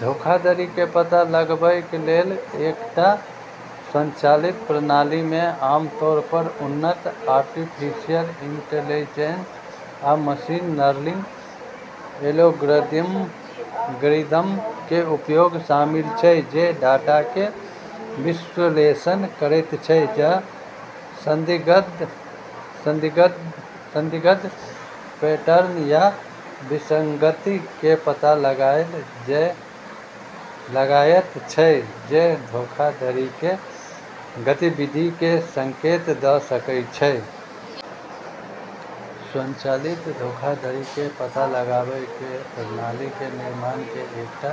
धोखाधड़ी के पता लगवय लेल एकटा स्वचालित प्रणाली मे आमतौर पर उन्नत आर्टिफिशियल इंटेलिजेंस आ मशीन लर्निंग एल्गोरिदम के उपयोग शामिल छै, जे डाटा के विश्लेषण करैत छै आ संदिग्ध पैटर्न या विसंगति के पता लगायत छै जे धोखाधड़ी के गतिविधि के संकेत दऽ सकय छै। स्वचालित धोखाधड़ी के पता लगावय के प्रणाली के निर्माण के एकटा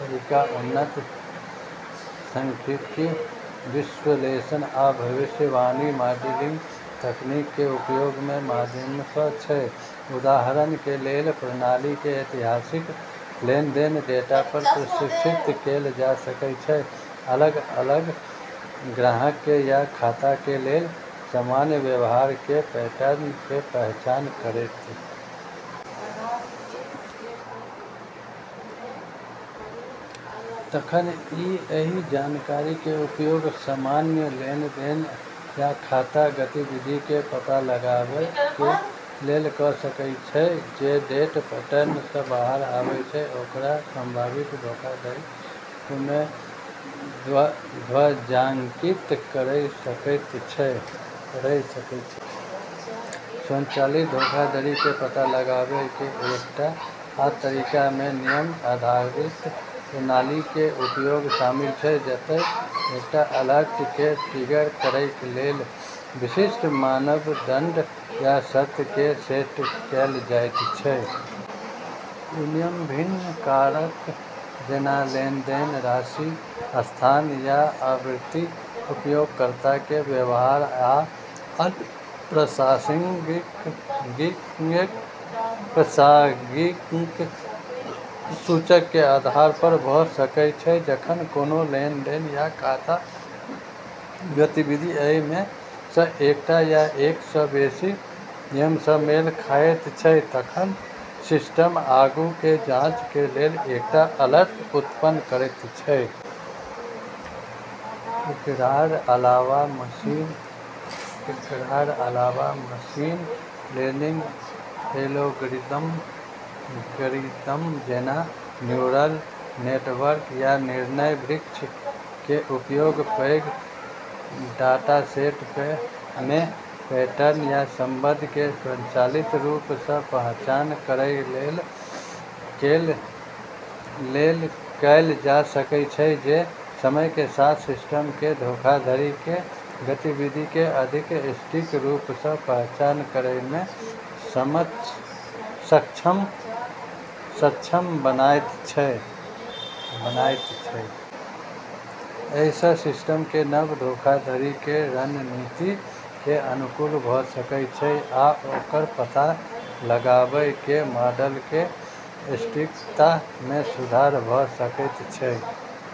तरीका उन्नत सांख्यिकीय विश्लेषण आ भविष्यवाणी मॉडलिंग तकनीक के उपयोग के माध्यम सँ छै। उदाहरण के लेल, प्रणाली के ऐतिहासिक लेनदेन डेटा पर प्रशिक्षित कैल जा सकय छै, अलग-अलग ग्राहक के या खाता के लेल सामान्य व्यवहार के पैटर्न के पहचान करैत। तखन ई एहि जानकारी के उपयोग असामान्य लेनदेन या खाता गतिविधि के पता लगावय के लेल कऽ सकय छै जे ठेठ पैटर्न सँ बाहर आबै छै आ ओकरा संभावित धोखाधड़ी के रूप मे ध्वजांकित करय सकैत छै। स्वचालित धोखाधड़ी के पता लगावय के एकटा आ तरीका मे नियम आधारित प्रणाली के उपयोग शामिल छै, जतय एकटा अलर्ट के ट्रिगर करय के लेल विशिष्ट मानदंड या शर्त के सेट कैल जाइत छै। ई नियम विभिन्न कारक जैना लेनदेन के राशि, स्थान या आवृत्ति, उपयोगकर्ता के व्यवहार, आ अन्य प्रासंगिक सूचक के आधार पर भऽ सकय छै। जखन कोनो लेनदेन या खाता गतिविधि एहि मे सँ एकटा या एक सँ बेसि नियम सँ मेल खायत छै, तखन सिस्टम आगू के जाँच के लेल एकटा अलर्ट उत्पन्न करैत छै। इकरार अलावा मशीन लर्निंग एल्गोरिदम जेना न्यूरल नेटवर्क या निर्णय वृक्ष के उपयोग पैघ डाटासेट मे पैटर्न या संबंध के स्वचालित रूप सँ पहचान करय के लेल कैल जा सकय छै, जे समय के साथ सिस्टम के धोखाधड़ी के गतिविधि के अधिक सटीक रूप सँ पहचान करय मे सक्षम बनायत छै। एहि सँ सिस्टम के नव धोखाधड़ी के रणनीति के अनुकूल भऽ सकय छै आ ओकर पता लगावय के मॉडल के सटीकता मे सुधार भऽ सकैत छै।